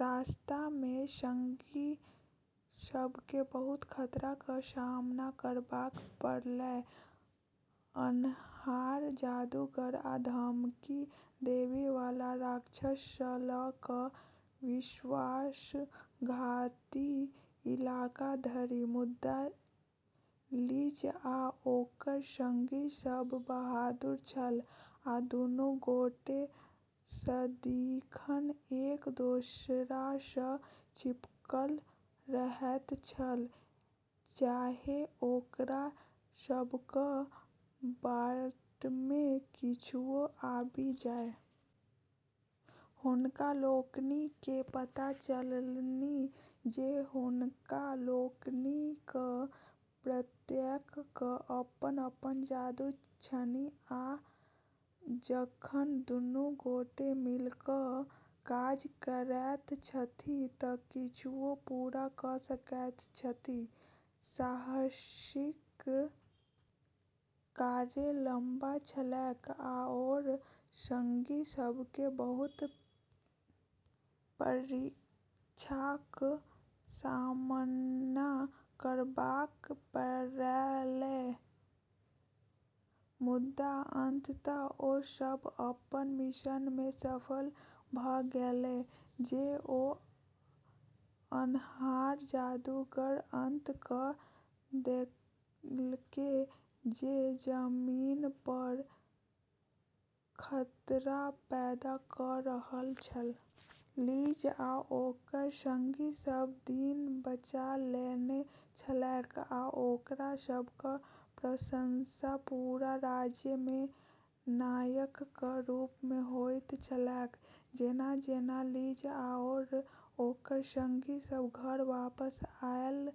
रास्तामे संगी सभकेँ बहुत खतराक सामना करबाक पड़लै, अन्हार जादूगर आ धमकी देबैवाला राक्षससँ लऽ कऽ विश्वासघाती इलाका धरि। मुदा लिज आ ओकर संगी सभ बहादुर छल, आ दूनू गोटे सदिखन एक दोसरासँ चिपकल रहैत छल, चाहे ओकरा सभक बाटमे किछुओ आबि जाय। हुनका लोकनिकेँ पता चललनि जे हुनका लोकनिक प्रत्येकक अपन-अपन जादू छनि आ जखन दूनू गोटे मिलिकऽ काज करैत छथि तऽ किछुओ पूरा कऽ सकैत छथि। साहसिक कार्य लंबा छलैक, आओर संगी सभकेँ बहुत परीक्षाक सामना करबाक पड़लै, मुदा अंततः, ओ सभ अपन मिशनमे सफल भऽ गेलै जे ओ अन्हार जादूक अंत कऽ देलकै जे जमीनपर खतरा पैदा कऽ रहल छल। लिज आ ओकर संगी सभ दिन बचा लेने छलैक, आ ओकरा सभक प्रशंसा पूरा राज्यमे नायकक रूपमे होइत छलैक। जेना-जेना लिज आओर ओकर संगी सभ घर वापस आएल,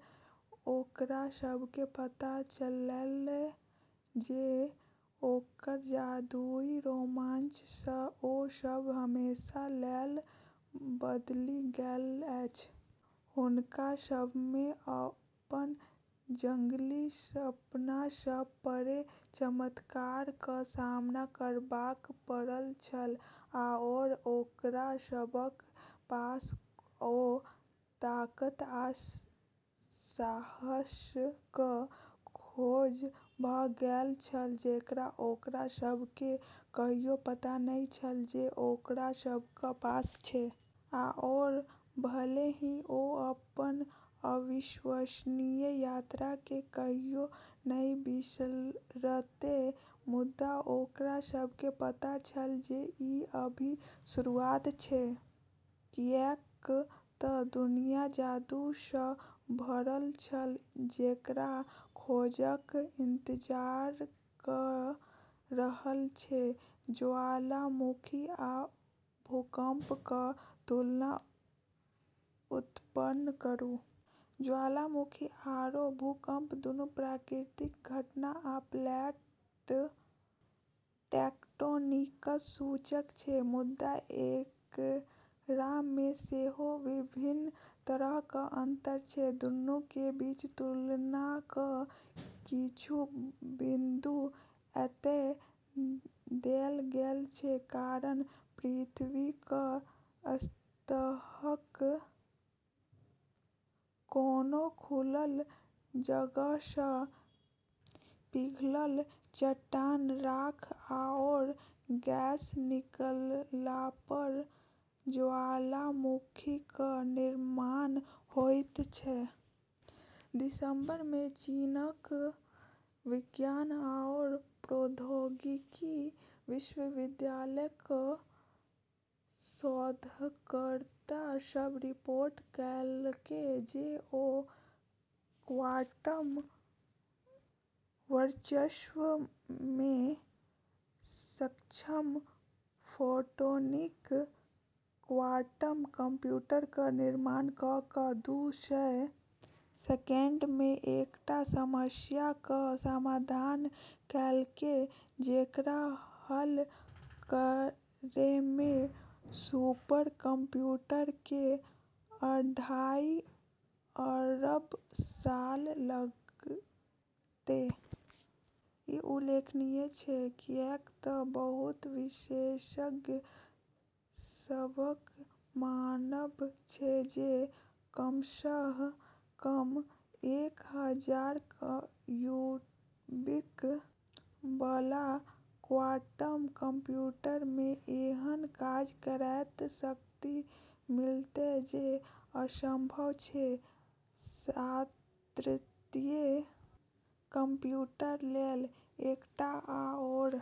ओकरा सभकेँ पता चललै जे ओकर जादुई रोमांचसँ ओ सभ हमेशा लेल बदलि गेल अछि। हुनका सभकेँ अपन जंगली सपनासँ परे चमत्कारक सामना करबाक पड़ल छल आओर ओकरा सभक पास ओ ताकत आ साहसक खोज भऽ गेल छल जेकरा ओकरा सभकेँ कहियो पता नहि छल जे ओकरा सभक पास छै। आओर भले ही ओ अपन अविश्वसनीय यात्राकेँ कहियो नहि बिसरतै, मुदा ओकरा सभकेँ पता छल जे ई अभी शुरुआत छै, किऐक तऽ दुनिया जादूसँ भरल छल जेकरा खोजक इंतजार कऽ रहल छै। ज्वालामुखी आ भूकम्पक तुलना उत्पन्न करू। ज्वालामुखी आओर भूकंप दूनू प्राकृतिक घटना आ प्लेट टेक्टोनिक्सक सूचक छै, मुदा एकरामे सेहो विभिन्न तरहक अंतर छै। दूनू के बीच तुलनाक किछु बिंदु एतय देल गेल छै: कारण: पृथ्वीक सतहक कोनो खुलल जगहसँ पिघलल चट्टान, राख आओर गैस निकललापर ज्वालामुखीक निर्माण होइत छै। दिसंबरमे चीनक विज्ञान आओर प्रौद्योगिकी विश्वविद्यालयक शोधकर्ता सभ रिपोर्ट कएलकै जे ओ क्वांटम वर्चस्वमे सक्षम फोटोनिक क्वांटम कंप्यूटरक निर्माण कऽ कऽ दू सय सेकंडमे एकटा समस्याक समाधान कएलकै जेकरा हल करैमे सुपर कंप्यूटरकेँ अढ़ाई अरब साल लगतै। ई उल्लेखनीय छै, किऐक तऽ बहुत विशेषज्ञ सभक मानब छै जे कमसँ कम एक हजार क्यूबिट बला क्वांटम कंप्यूटरमे एहन काज करैके शक्ति मिलतै जे असंभव छै शास्त्रीय कंप्यूटर लेल। एकटा आओर।